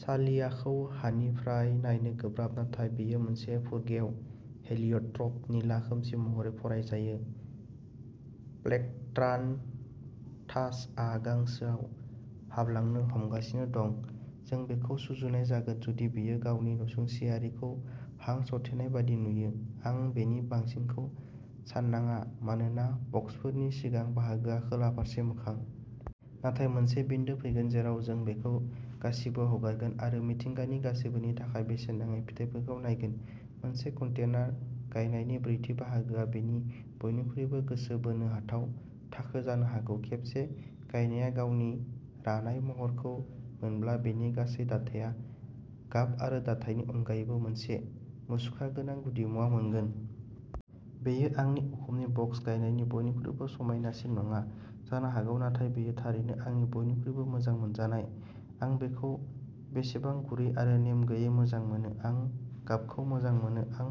साल्वियाखौ हानिफ्राय नायनो गोब्राब नाथाय बेयो मोनसे फुरगेव हेलियट्रप निला खोमसि महरै फरायजायो। प्लेक्ट्रान्थासआ गांसोआव हाबलांनो हमगासिनो दं। जों बेखौ सुजुनाय जागोन जुदि बेयो गावनि नसुंसेयारिफोरखौ हां सरथेनाय बायदि नुयो। आं बेनि बांसिनखौ सान्नाङा मानोना बक्सफोरनि सिगां बाहागोआ खोला फारसे मोखां। नाथाय मोनसे बिन्दो फैगोन जेराव जों बेखौ गासिबो हगारगोन आरो मिथिंगानि गासैबोनि थाखाय बेसेन नाङै फिथायफोरखौ नायगोन। मोनसे कन्टेनार गायनायनि ब्रैथि बाहागोआ बेनि बयनिख्रुइबो गोसो बोनो हाथाव थाखो जानो हागौ। खेबसे गायनाया गावनि रानाय महरखौ मोनब्ला बेनि गासै दाथाया गाब आरो दाथायनि अनगायैबो मोनसे मुसुखा गोनां गुदिमुवा मोनगोन। बेयो आंनि उखुमनि बक्स गायनायनि बयनिख्रुइबो समायनासिन नङा जानो हागौ नाथाय बेयो थारैनो आंनि बयनिख्रुइबो मोजां मोनजानाय। आं बेखौ बेसेबां गुरै आरो नेम गैयै मोजां मोनो। आं गाबखौ मोजां मोनो। आं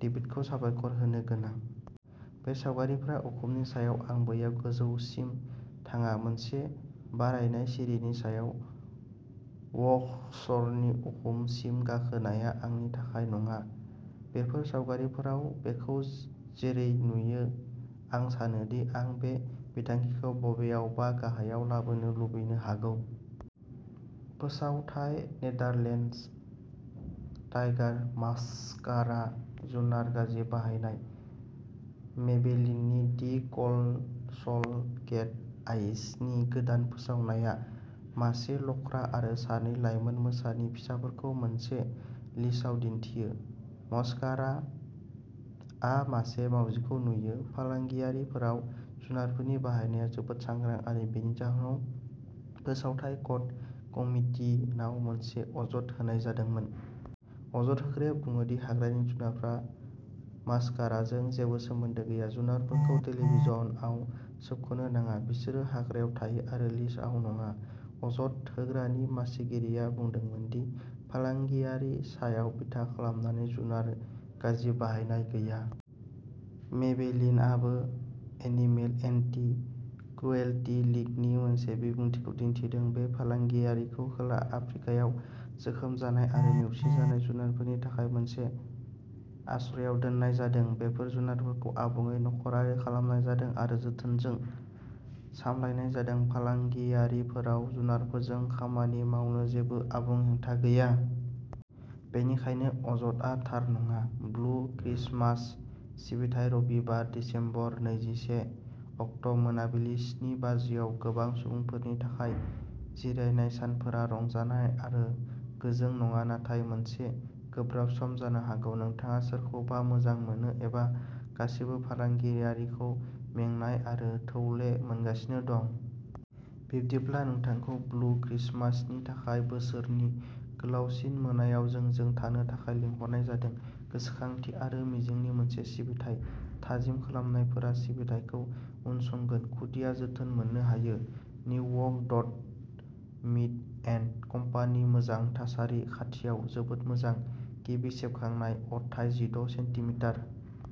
डेभिडखौ साबायखर होनो गोनां। बे सावगारिफोरा उखुमनि सायाव आं बैयाव गोजौसिम थाङा। मोनसे बारायनाय सिरिनि सायाव वर्क्सनि उखुमसिम गाखोनाया आंनि थाखाय नङा। बेफोर सावगारिफोराव बेखौ जेरै नुयो आं सानो दि आं बे बिथांखिखौ बबेयावबा गाहायाव लाबोनो लुबैनो हागौ। फोसावथाय नेदारलेन्डस टाइगार मास्कारा जुनार गाज्रि बाहायनाय? मेबेलिननि ''दि कल'सल केट आइज'' नि गोदान फोसावनाया मासे लख्रा आरो सानै लाइमोन मोसानि फिसाफोरखौ मोनसे लिशआव दिन्थियो। मस्कारा आ मासे मावजिखौ नुयो। फालांगियारिफोराव जुनारफोरनि बाहायनाया जोबोद सांग्रां आरो बेनि जाहोनाव फोसावथाय कड कमितिनाव मोनसे अजद होनाय जादोंमोन। अजद होग्राया बुङो दि हाग्रानि जुनारफोरा मास्काराजों जेबो सोमोन्दो गैया। जुनारफोरखौ टेलिभिजनआव सोबख'नो नाङा बिसोरो हाग्रायाव थायो आरो लिशआव नङा। अजद होग्रानि मासिगिरिया बुंदोंमोन दि फालांगियारि सायाव बिथा खालामनानै जुनार गाज्रि बाहायनाय गैया। मेबेलिनआबो एनिमेल एन्टी क्रुएल्टी लीगनि मोनसे बिबुंथिखौ दिन्थिदों। बे फालांगियारिखौ खोला आफ्रिकायाव जोखोम जानाय आरो नेवसिजानाय जुनारफोरनि थाखाय मोनसे आश्रयआव दोननाय जादों। बेफोर जुनारफोरखौ आबुङै न'खरारि खालामनाय जादों आरो जोथोनजों सामलायनाय जादों। फालांगियारिफोराव जुनारफोरजों खामानि मावनो जेबो आबुं हेंथा गैया। बेनिखायनो अजदआ थार नङा। ब्लु क्रिसमास सिबिथाइ रबिबार, दिसेम्बर नैजिसे अक्ट' मोनाबिलि स्नि बाजिआव गोबां सुबुंफोरनि थाखाय जिरायनाय सानफोरा रंजानाय आरो गोजों नङा नाथाय मोनसे गोब्राब सम। जानो हागौ नोंथाङा सोरखौबा मोजां मोनो एबा गासिबो फालांगियारिखौ मेंनाय आरो थौले मोनगासिनो दं। बिदिब्ला नोंथांखौ ''ब्लु क्रिसमास'' नि थाखाय बोसोरनि गोलावसिन मोनायाव जोंजों थानो थाखाय लिंहरनाय जादों गोसोखांथि आरो मिजिंनि मोनसे सिबिथाइ। थाजिम खालामनायफोरा सिबिथायखौ उनसंगोन। खुदिया जोथोन मोननो हायो। New York Dodd, Mead, and Company मोजां थासारि खाथियाव जोबोद मोजां। गिबि सेबखांनाय। अरथाइ जिद' सेन्टिमिटार ।